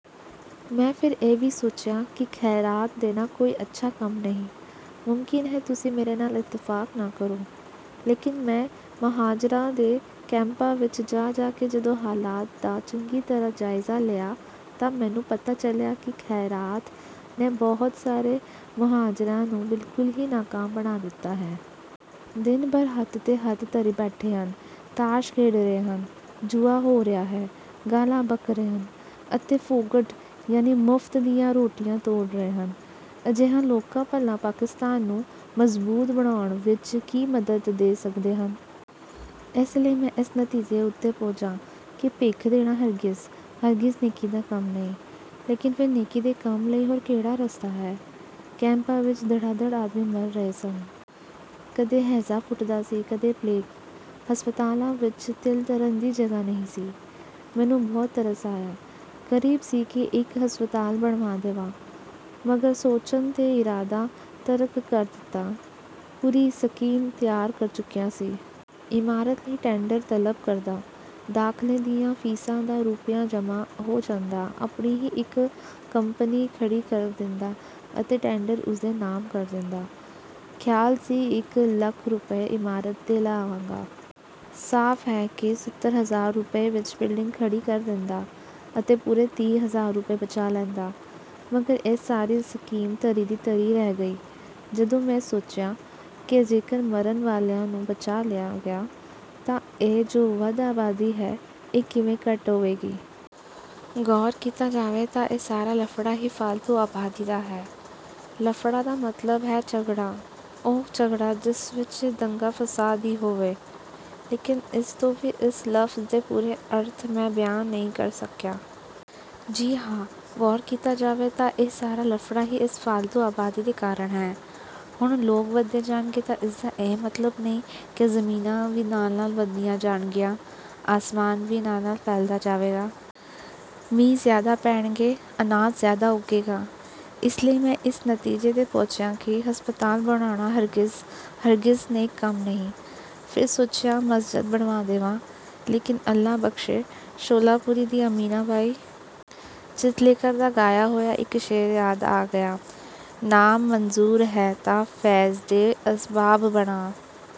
ਮੈਂ ਫਿਰ ਇਹ ਵੀ ਸੋਚਿਆ ਕਿ ਖ਼ੈਰਾਤ ਦੇਣਾ ਕੋਈ ਅੱਛਾ ਕੰਮ ਨਹੀਂ। ਮੁਮਕਿਨ ਹੈ ਤੁਸੀਂ ਮੇਰੇ ਨਾਲ ਇੱਤਫਾਕ ਨਾ ਕਰੋ। ਲੇਕਿਨ ਮੈਂ ਮੁਹਾਜਿਰਾਂ ਦੇ ਕੈਂਪਾਂ ਵਿੱਚ ਜਾ ਜਾ ਕੇ ਜਦੋਂ ਹਾਲਾਤ ਦਾ ਚੰਗੀ ਤਰ੍ਹਾਂ ਜਾਇਜ਼ਾ ਲਿਆ ਤਾਂ ਮੈਨੂੰ ਪਤਾ ਚੱਲਿਆ ਕਿ ਖ਼ੈਰਾਤ ਨੇ ਬਹੁਤ ਸਾਰੇ ਮੁਹਾਜਿਰਾਂ ਨੂੰ ਬਿਲਕੁਲ ਹੀ ਨਾਕਾਮ ਬਣਾ ਦਿੱਤਾ ਹੈ। ਦਿਨ-ਭਰ ਹੱਥ ਤੇ ਹੱਥ ਧਰੀ ਬੈਠੇ ਹਨ। ਤਾਸ਼ ਖੇਡ ਰਹੇ ਹਨ। ਜੂਆ ਹੋ ਰਿਹਾ ਹੈ। ਗਾਲਾਂ ਬਕ ਰਹੇ ਹਨ ਅਤੇ ਫ਼ੋਗਟ, ਯਾਨੀ ਮੁਫ਼ਤ ਦੀਆਂ ਰੋਟੀਆਂ ਤੋੜ ਰਹੇ ਹਨ। ਅਜਿਹੇ ਲੋਕ ਭਲਾ ਪਾਕਿਸਤਾਨ ਨੂੰ ਮਜ਼ਬੂਤ ਬਣਾਉਣ ਵਿੱਚ ਕੀ ਮਦਦ ਦੇ ਸਕਦੇ ਹਨ। ਇਸ ਲਈ ਮੈਂ ਇਸ ਨਤੀਜੇ ਉੱਤੇ ਪੁੱਜਾ ਕਿ ਭਿੱਖ ਦੇਣਾ ਹਰਗਿਜ਼ ਹਰਗਿਜ਼ ਨੇਕੀ ਦਾ ਕੰਮ ਨਹੀਂ। ਲੇਕਿਨ ਫਿਰ ਨੇਕੀ ਦੇ ਕੰਮ ਲਈ ਹੋਰ ਕਿਹੜਾ ਰਸਤਾ ਹੈ? ਕੈਂਪਾਂ ਵਿੱਚ ਧੜਾ-ਧੜ ਆਦਮੀ ਮਰ ਰਹੇ ਸਨ। ਕਦੇ ਹੈਜ਼ਾ ਫੁੱਟਦਾ ਸੀ, ਕਦੇ ਪਲੇਗ। ਹਸਪਤਾਲਾਂ ਵਿੱਚ ਤਿਲ ਧਰਨ ਦੀ ਜਗ੍ਹਾ ਨਹੀਂ ਸੀ। ਮੈਨੂੰ ਬਹੁਤ ਤਰਸ ਆਇਆ। ਕਰੀਬ ਸੀ ਕਿ ਇੱਕ ਹਸਪਤਾਲ ਬਣਵਾ ਦੇਵਾਂ, ਮਗਰ ਸੋਚਣ ਤੇ ਇਰਾਦਾ ਤਰਕ ਕਰ ਦਿੱਤਾ। ਪੂਰੀ ਸਕੀਮ ਤਿਆਰ ਕਰ ਚੁੱਕਿਆ ਸੀ। ਇਮਾਰਤ ਲਈ ਟੈਂਡਰ ਤਲਬ ਕਰਦਾ। ਦਾਖ਼ਲੇ ਦੀਆਂ ਫ਼ੀਸਾਂ ਦਾ ਰੁਪਿਆ ਜਮਾਂ ਹੋ ਜਾਂਦਾ। ਆਪਣੀ ਹੀ ਇੱਕ ਕੰਪਨੀ ਖੜੀ ਕਰ ਦਿੰਦਾ ਅਤੇ ਟੈਂਡਰ ਉਸ ਦੇ ਨਾਮ ਕੱਢ ਦਿੰਦਾ। ਖ਼ਿਆਲ ਸੀ ਇੱਕ ਲੱਖ ਰੁਪਏ ਇਮਾਰਤ ਤੇ ਲਾਵਾਂਗਾ। ਸਾਫ਼ ਹੈ ਕਿ ਸੱਤਰ ਹਜ਼ਾਰ ਰੁਪਏ ਵਿੱਚ ਬਿਲਡਿੰਗ ਖੜੀ ਕਰ ਦਿੰਦਾ ਅਤੇ ਪੂਰੇ ਤੀਹ ਹਜ਼ਾਰ ਰੁਪਏ ਬਚਾ ਲੈਂਦਾ। ਮਗਰ ਇਹ ਸਾਰੀ ਸਕੀਮ ਧਰੀ ਦੀ ਧਰੀ ਰਹਿ ਗਈ। ਜਦੋਂ ਮੈਂ ਸੋਚਿਆ ਕਿ ਜੇਕਰ ਮਰਨ ਵਾਲਿਆਂ ਨੂੰ ਬਚਾ ਲਿਆ ਗਿਆ ਤਾਂ ਇਹ ਜੋ ਵੱਧ ਆਬਾਦੀ ਹੈ, ਇਹ ਕਿਵੇਂ ਘੱਟ ਹੋਵੇਗੀ? ਗ਼ੌਰ ਕੀਤਾ ਜਾਵੇ ਤਾਂ ਇਹ ਸਾਰਾ ਲਫ਼ੜਾ ਹੀ ਫ਼ਾਲਤੂ ਆਬਾਦੀ ਦਾ ਹੈ। ਲਫ਼ੜਾ ਦਾ ਮਤਲਬ ਹੈ ਝਗੜਾ, ਉਹ ਝਗੜਾ ਜਿਸ ਵਿੱਚ ਦੰਗਾ-ਫ਼ਸਾਦ ਵੀ ਹੋਵੇ। ਲੇਕਿਨ ਇਸ ਤੋਂ ਵੀ ਇਸ ਲਫ਼ਜ਼ ਦੇ ਪੂਰੇ ਅਰਥ ਮੈਂ ਬਿਆਨ ਨਹੀਂ ਕਰ ਸਕਿਆ। ਜੀ ਹਾਂ, ਗ਼ੌਰ ਕੀਤਾ ਜਾਵੇ ਤਾਂ ਇਹ ਸਾਰਾ ਲਫ਼ੜਾ ਹੀ ਇਸ ਫ਼ਾਲਤੂ ਆਬਾਦੀ ਦੇ ਕਾਰਨ ਹੈ। ਹੁਣ ਲੋਕ ਵੱਧਦੇ ਜਾਣਗੇ ਤਾਂ ਇਸ ਦਾ ਇਹ ਮਤਲਬ ਨਹੀਂ ਕਿ ਜ਼ਮੀਨਾਂ ਵੀ ਨਾਲ-ਨਾਲ ਵਧਦੀਆਂ ਜਾਣਗੀਆਂ। ਅਸਮਾਨ ਵੀ ਨਾਲ-ਨਾਲ ਫੈਲਦਾ ਜਾਵੇਗਾ। ਮੀਂਹ ਜ਼ਿਆਦਾ ਪੈਣਗੇ। ਅਨਾਜ ਜ਼ਿਆਦਾ ਉੱਗੇਗਾ। ਇਸ ਲਈ ਮੈਂ ਇਸ ਨਤੀਜੇ ਤੇ ਪਹੁੰਚਿਆ ਕਿ ਹਸਪਤਾਲ ਬਣਾਉਣਾ ਹਰਗਿਜ਼ ਹਰਗਿਜ਼ ਨੇਕ ਕੰਮ ਨਹੀਂ। ਫਿਰ ਸੋਚਿਆ ਮਸਜਦ ਬਣਵਾ ਦੇਵਾਂ। ਲੇਕਿਨ ਅੱਲਾ ਬਖ਼ਸ਼ੇ ਸ਼ੋਲਾਪੁਰੀ ਦੀ ਅਮੀਨਾ ਬਾਈ ਚਿਤਲੇਕਰ ਦਾ ਗਾਇਆ ਹੋਇਆ ਇੱਕ ਸ਼ੇਅਰ ਯਾਦ ਆ ਗਿਆ, "ਨਾਮ ਮਨਜ਼ੂਰ ਹੈ ਤਾਂ ਫ਼ੈਜ਼ ਦੇ ਅਸਬਾਬ ਬਣਾ"